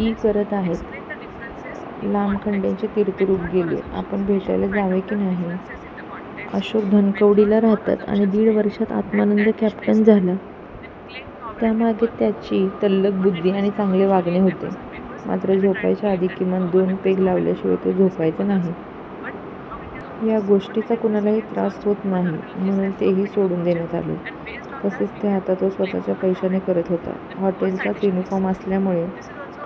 E करत आहेत, लामखडेंचे तीर्थरूप गेले, आपण भेटायला जावे की नाही? अशोक धनकवडीला राहतात. आणि दिड वर्षात आत्मानंद कॅप्टन झाला! त्यामागे त्याची तल्लख बुद्धी आणि चांगले वागणे होते. मात्र झोपायच्या आधी किमान दोन पेग लावल्याशिवाय तो झोपायचा नाही. या गोष्टीचा कुणालाही त्रास होत नाही म्हणून तेही सोडून देण्यात आले. तसेच, ते आता तो स्वतःच्या पैशाने करत होता. हॉटेलचाच युनिफॉर्म असल्यामुळे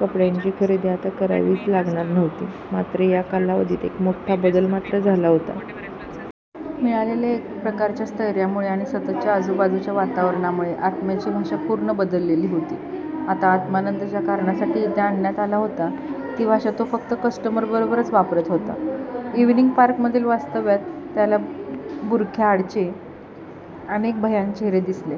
कपड्यांची खरेदी आता करावीच लागत नव्हती. मात्र. या कालावधीत एक मोठा बदल मात्र झाला होता. मिळालेल्या एक प्रकारच्या स्थैर्यामुळे आणि सततच्या आजूबाजूच्या वातावरणामुळे आत्म्याची भाषा पूर्ण बदललेली होती. आता आत्मानंद ज्या कारणासाठी इथे आणण्यात आला होता ती भाषा तो फक्त कस्टमर्सबरोबरच वापरत होता. इव्हिनिंग पार्कमधील वास्तव्यात त्याला बुरख्यांआडचे अनेक भयाण चेहरे दिसले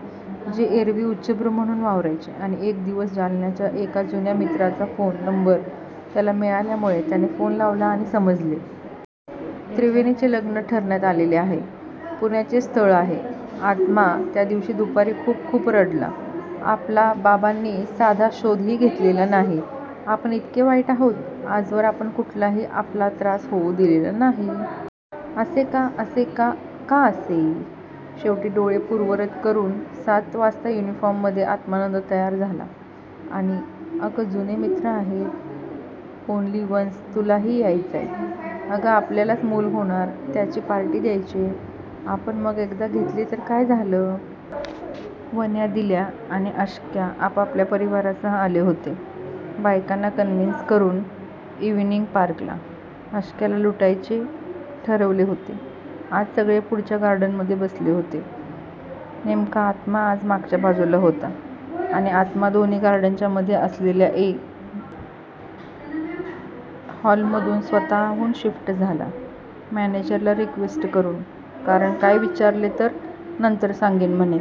जे एरवी उच्चभ्रू म्हणून वावरायचे आणि एक दिवस जालन्याच्या एका खूप जुन्या मित्राचा फोन नंबर त्याला मिळाल्यामुळे त्याने फोन लावला आणि समजले. त्रिवेणीचे लग्न ठरण्यात आलेले आहे. पुण्याचेच स्थळ आहे.. आत्मा त्या दिवशी दुपारी खूप खूप रडला आपला बाबांनी साधा शोधही घेतलेला नाही. आपण इतके वाइट आहोत? आजवर आपण कुणालाही आपला त्रास होऊ दिलेला नाही. असे का ,असे का ,का असे शेवटी डोळे पुर्ववत करून सात वाजता युनिफॉर्ममध्ये आत्मानंद तयार झाला. आणि "अगं जुने मित्रं आहेत. ओनली वन्स तुलाही यायचंय " अगं आपल्यालाच मूल होणार त्याची पार्टी द्यायचीय आपण मग एकदा घेतली तर काय झालं? वन्या, दिल्या आणि अश्क्या आपापल्या परिवारासह आले होते. बायकांना कन्व्हिन्स करून इव्हिनिंग पार्कला! अश्क्याला लुटायचेच ठरवले होते आज सगळे पुढच्या गार्डनमध्ये बसले होते. नेमका आत्मा आज मागच्या बाजूला होता. आणि आत्मा दोन्ही गार्डनच्यामध्ये असलेल्या ए. सी. हॉलमध्ये स्वतःहून शिफ्ट झाला. मॅनेजरला रिक्वेस्ट करून! कारण काय विचारले तर 'नंतर सांगेन' म्हणे!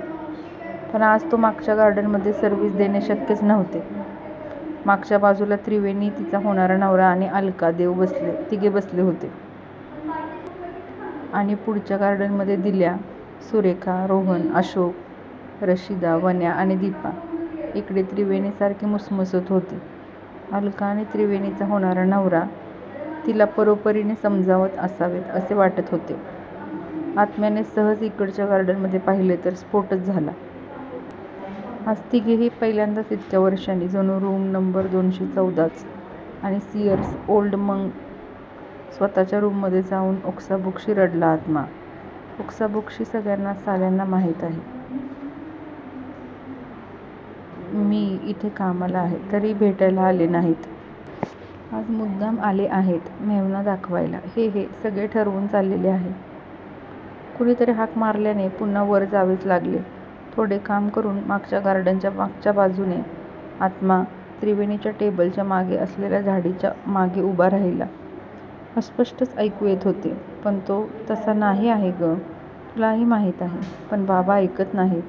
पण आज तो मागच्या गार्डनमध्ये सर्व्हिस देणे शक्यच नव्हते. मागच्या बाजूला त्रिवेणी तिचा होणारा नवरा आणि अलका देव तिघे बसले होते. आणि पुढच्या गार्डनमध्ये दिल्या, सुरेखा, रोहन, अशोक, रशिदा, वन्या आणि दीपा इकडे त्रिवेणी सारखी मुसमुसत होती. अलका आणि त्रिवेणीचा होणारा नवरा तिला परोपरीने समजावत असावेत असे वाटत होते. आत्म्याने सहज इकडच्या गार्डनमध्ये पाहिले तर स्फोटच झाला. आज तिघेही पहिल्यांदाच इतक्या वर्षांनी.. जणू रूम नंबर दोनशे चौदा च आणि चीअर्स ओल्ड मंक स्वतःच्या रूममध्ये जाऊन ओक्साबोक्शी रडला आत्मा! ओक्साबोक्शी! सगळ्यांना साल्यांना माहीत आहे. मी इथे कामाला आहे.. तरीही भेटायला आले नाहीत.. आज मुद्दाम आले आहेत. मेहुणा दाखवायला हे-हे सगळे ठरवून चाललेले आहे. कुणीतरी हाक मारल्याने पुन्हा वर जावेच लागले थोडे काम करून मागच्या गार्डनच्या मागच्या बाजूने आत्मा त्रिवेणीच्या टेबलच्या मागे असलेल्या झाडीच्या मागे उभा राहिला.. अस्पष्टच ऐकू येत होते पण तो तसा नाही आहे गं तुलाही माहीत आहे पण बाबा ऐकत नाहीत.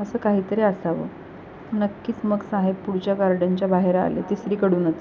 असं काहीतरी असावं नक्कीच मग साहेब पुढच्या गार्डनच्या बाहेर आले. तिसरीचकडून.